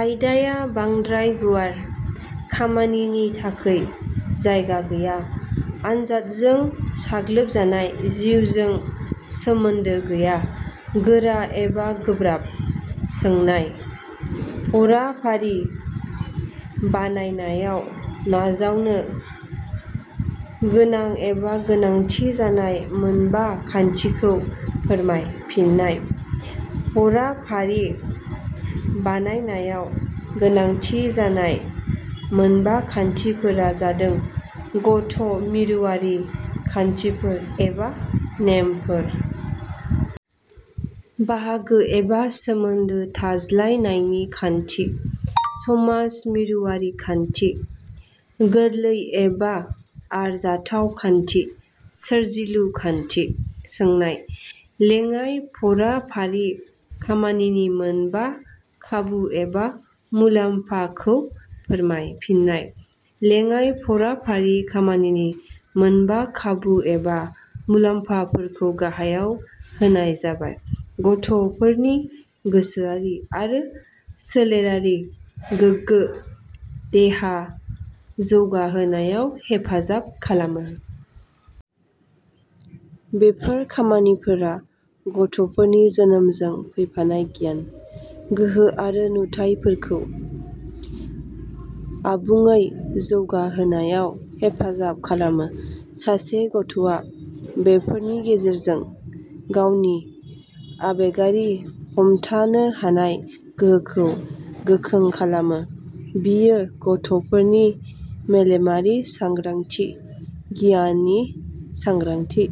आयदाया बांद्राय गुवार। खामानिनि थाखै जायगा गैया। आनजादजों साग्लोबजानाय। जिउजों सोमोन्दो गैया। गोरा एबा गोब्राब। सोंनाय –: फराफारि बानायनायाव नाजावनो गोनां एबा गोनांथि जानाय मोनबा खान्थिखौ फोरमाय। फिन्नाय: फराफारि बानायनायाव गोनांथि जानाय मोनबा खान्थिफोरा जादों- गथ' मिरुआरि खान्थिफोर एबा नेमफोर। बाहागो एबा सोमोन्दो थाज्लायनायनि खान्थि। समाज मिरुआरि खान्थि। गोरलै एबा आरजाथाव खान्थि। सोरजिलु खान्थि। सोंनाय-. लेङाइ फराफारि खामानिनि मोनबा खाबु एबा मुलाम्फाखौ फोरमाय। फिन्नाय: लेङाइ फराफारि खामानिनि मोनबा खाबु एबा मुलाम्फाफोरखौ गाहायाव होनाय जाबाय- गथ'फोरनि गोसोयारि आरो सोलेरारि गोगो देहा जौगाहोनायाव हेफाजाब खालामो। बेफोर खामानिफोरा गथ'फोरनि जोनोमजों फैफानाय गियान, गोहो आरो नुथायफोरखौ आबुङे जौगाहोनायाव हेफाजाब खालामो। सासे गथ' आ बेफोरनि गेजेरजों गावनि आबेगारि हमथानोहानाय गोहोखौ गोखों खालामो। बियो गथ'फोरनि मेलेमारि सांग्रांथि, गियाननि सांग्रांथि,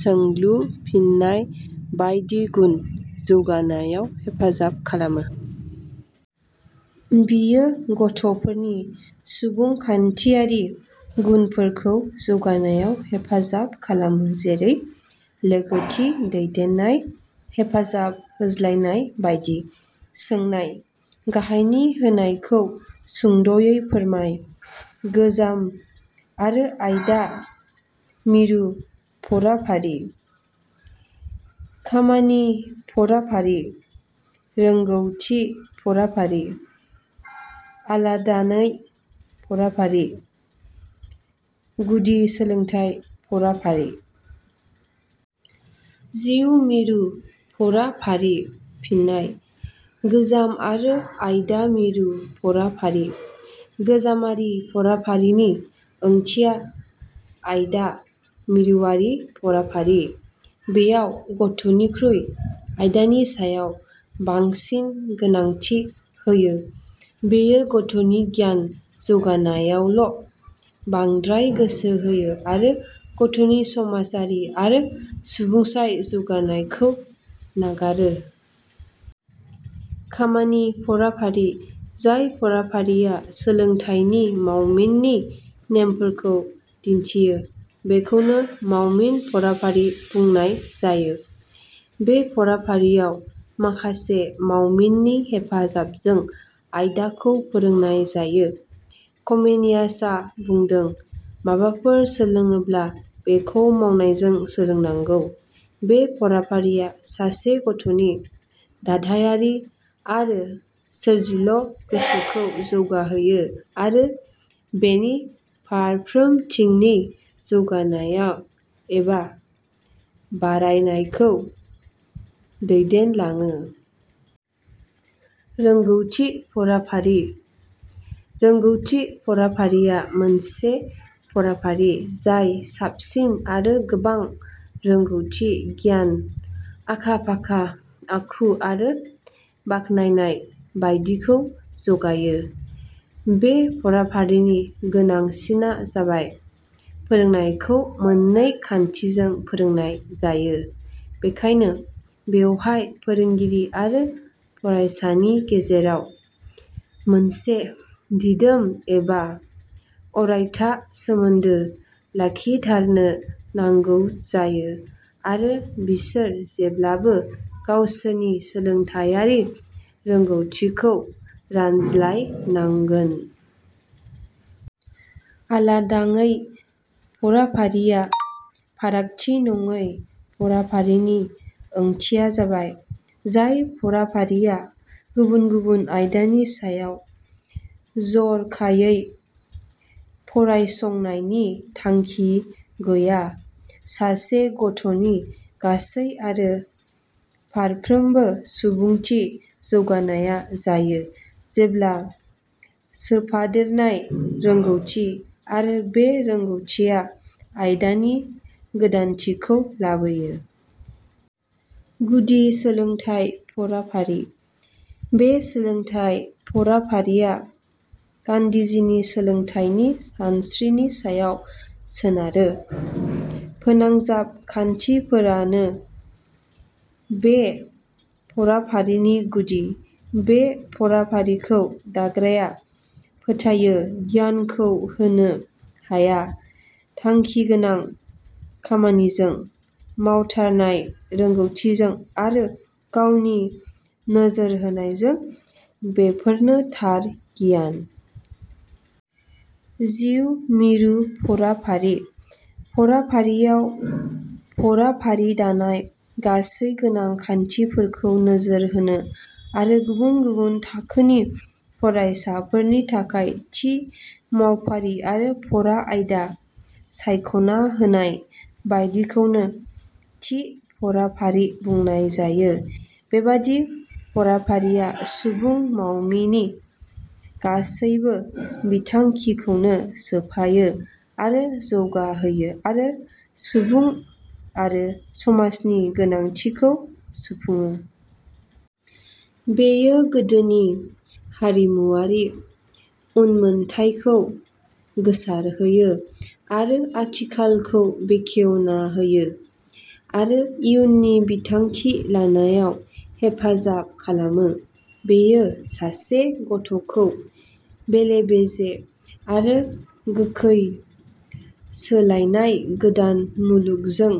सोंलु- फिननाय बायदि गुन जौगानायाव हेफाजाब खालामो। बियो गथ'फोरनि सुबुंखान्थियारि गुनफोरखौ जौगानायाव हेफाजाब खालामो जेरै- लोगोथि, दैदेननाय, हेफाजाब होज्लायनाय बायदि। सोंनाय-. गाहायनि होनायखौ सुंद 'यै फोरमाय – गोजाम आरो आयदा मिरु फराफारि। खामानि फराफारि। रोंगौथि फराफारि। आलादानङै फराफारि। गुदि सोलोंथाइ फराफारि। जिउ मिरु फराफारि। फिननाय: गोजाम आरो आयदा मिरु फराफारि: गोजामारि फराफारिनि ओंथिया आयदा मिरुवारि फराफारि। बेयाव गथ'निख्रुइ आयदानि सायाव बांसिन गोनांथि होयो। बेयो गथ 'नि गियान जौगानायावल' बांद्राय गोसो होयो आरो गथ'नि समाजारि आरो सुबुंसाय जौगानायखौ नागारो। खामानि फराफारि: जाय फराफारिया सोलोंथाइनि मावमिननि नेमफोरखौ दिन्थियो बेखौनो मावमिन फराफारि बुंनाय जायो। बे फराफारियाव, माखासे मावमिननि हेफाजाबजों आयदाखौ फोरोंनाय जायो। कमेनियास आ बुंदों- "माबाफोर सोलोडोब्ला बेखौ मावनायजों सोलोंनांगौ। " बे फराफारिया सासे गथ 'नि दाधायारि आरो सोरजिल गोसोखौ जौगाहोयो आरो बिनि फारफोमथिंनि जौगानाय एबा बारायनायखौ दैदेनलाङो। रोंगौथि फराफारि: रोंगौथि फराफारिया मोनसे फराफारि जाय साबसिन आरो गोबां रोंगौथि गियान, आखा फाखा, आखु आरो बाखनायनाय बायदिखौ ज 'गायो। बे फराफारिनि गोनां सिना जाबाय फोरोंनायखौ मोननै खान्थिजों फोरोंनाय जायो। बेखायनो बेयावहाय फोरोंगिरि आरो फरायसानि गेजेराव मोनसे दिदोम एबा अरायथा सोमोन्दो लाखिधारनो नांगौ जायो आरो बिसोर जेब्लाबो गावसोरनि सोलोंथाइयारि रोंगौथिखौ रानज्लाय नांगोन। आलादानङै फराफारि: फारागथि नङै फराफारिनि ओंथिया जाबाय – जाय फराफारिया गुबुन गुबुन आयदानि सायाव जर 'खायै फरायसंनायनि थांखि गया। सासे गथ'नि गासै आरो फारफ्रोमबो सुबुंथि जौगानाया जायो जेब्ला सोफादेरनाय रोंगौथि आरो बे रोंगौथिया आयदानि गोदानथिखौ लाबोयो। गुदि सोलोंथाइ फराफारि: बे सोलोंथाइ फराफारिया गान्धीजिनि सोलोंथाइनि सानस्रिनि सायाव सोनारो। फोनांजाब खान्थिफोरानो बे फराफारिनि गुदि। बे फराफारिखौ दाग्राया फोथायो गियानखौ होनो हायो, थांखिगोनां खामानिजों, मावथारनाय रोंगौथिजों आरो गावनि नोजोर होनायजों, बेफोरनो थार गियान। जिउ मिरु फराफारि: फराफारियाव फराफारि दानाय गासै गोनां खान्थिफोरखौ नोजोर होनो आरो गुबुन गुबुन थाखोनि फरायसाफोरनि थाखाय थि मावफारि आरो फरा आयदा सायख'ना होनाय बायदिखौनो थि फराफारि बुंनाय जायो। बेबादि फराफारिया सुबुं मावमिनि गासैबो बिथिंखौनो सोफायो आरो जौगाहोयो आरो सुबुं आरो समाजनि गोनांथिखौ सुफुङो। बेयो गोदोनि हारिमुवारि उनमोनथाइखौ गोसारहोयो आरो आथिखालखौ बेखेवनाहोयो आरो इउननि बिथांखि लानायाव हेफाजाब खालामो। बियो सासे ग 'थ 'खौ बेलेबेजे आरो गोखै सोलायनाय गोदान मुलुगजों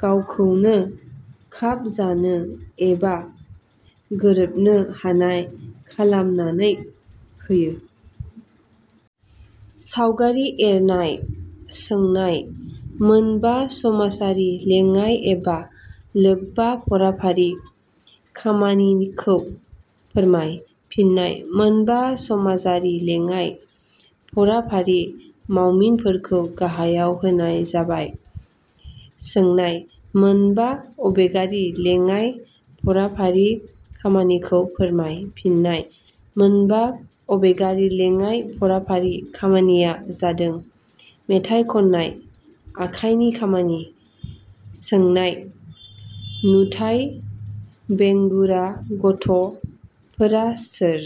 गावखौनो खाब जानो एबा गोरोबनो हानाय खालामनानै होयो। सावगारि एरनाय। सोंनाय –. मोनबा समाजारि लेङाइ एबा लोबबा फराफारि खामानिखौ फोरमाय। फिन्नाय: मोनबा समाजारि लेङाइ फराफारि मावमिनफोरखौ गाहायाव होनाय जाबाय सोंनाय –. मोनबा आबेगारि लेङाइ फराफारि खामानिखौ फोरमाय। फिन्नाय: मोनबा आबेगारि लेङाइ फराफारि खामानिया जादों मेथाइ खन्नाय। आखाइनि खामानि। सोंनाय –. नुथाइ बेंगुरा गथ 'फोरा सोर?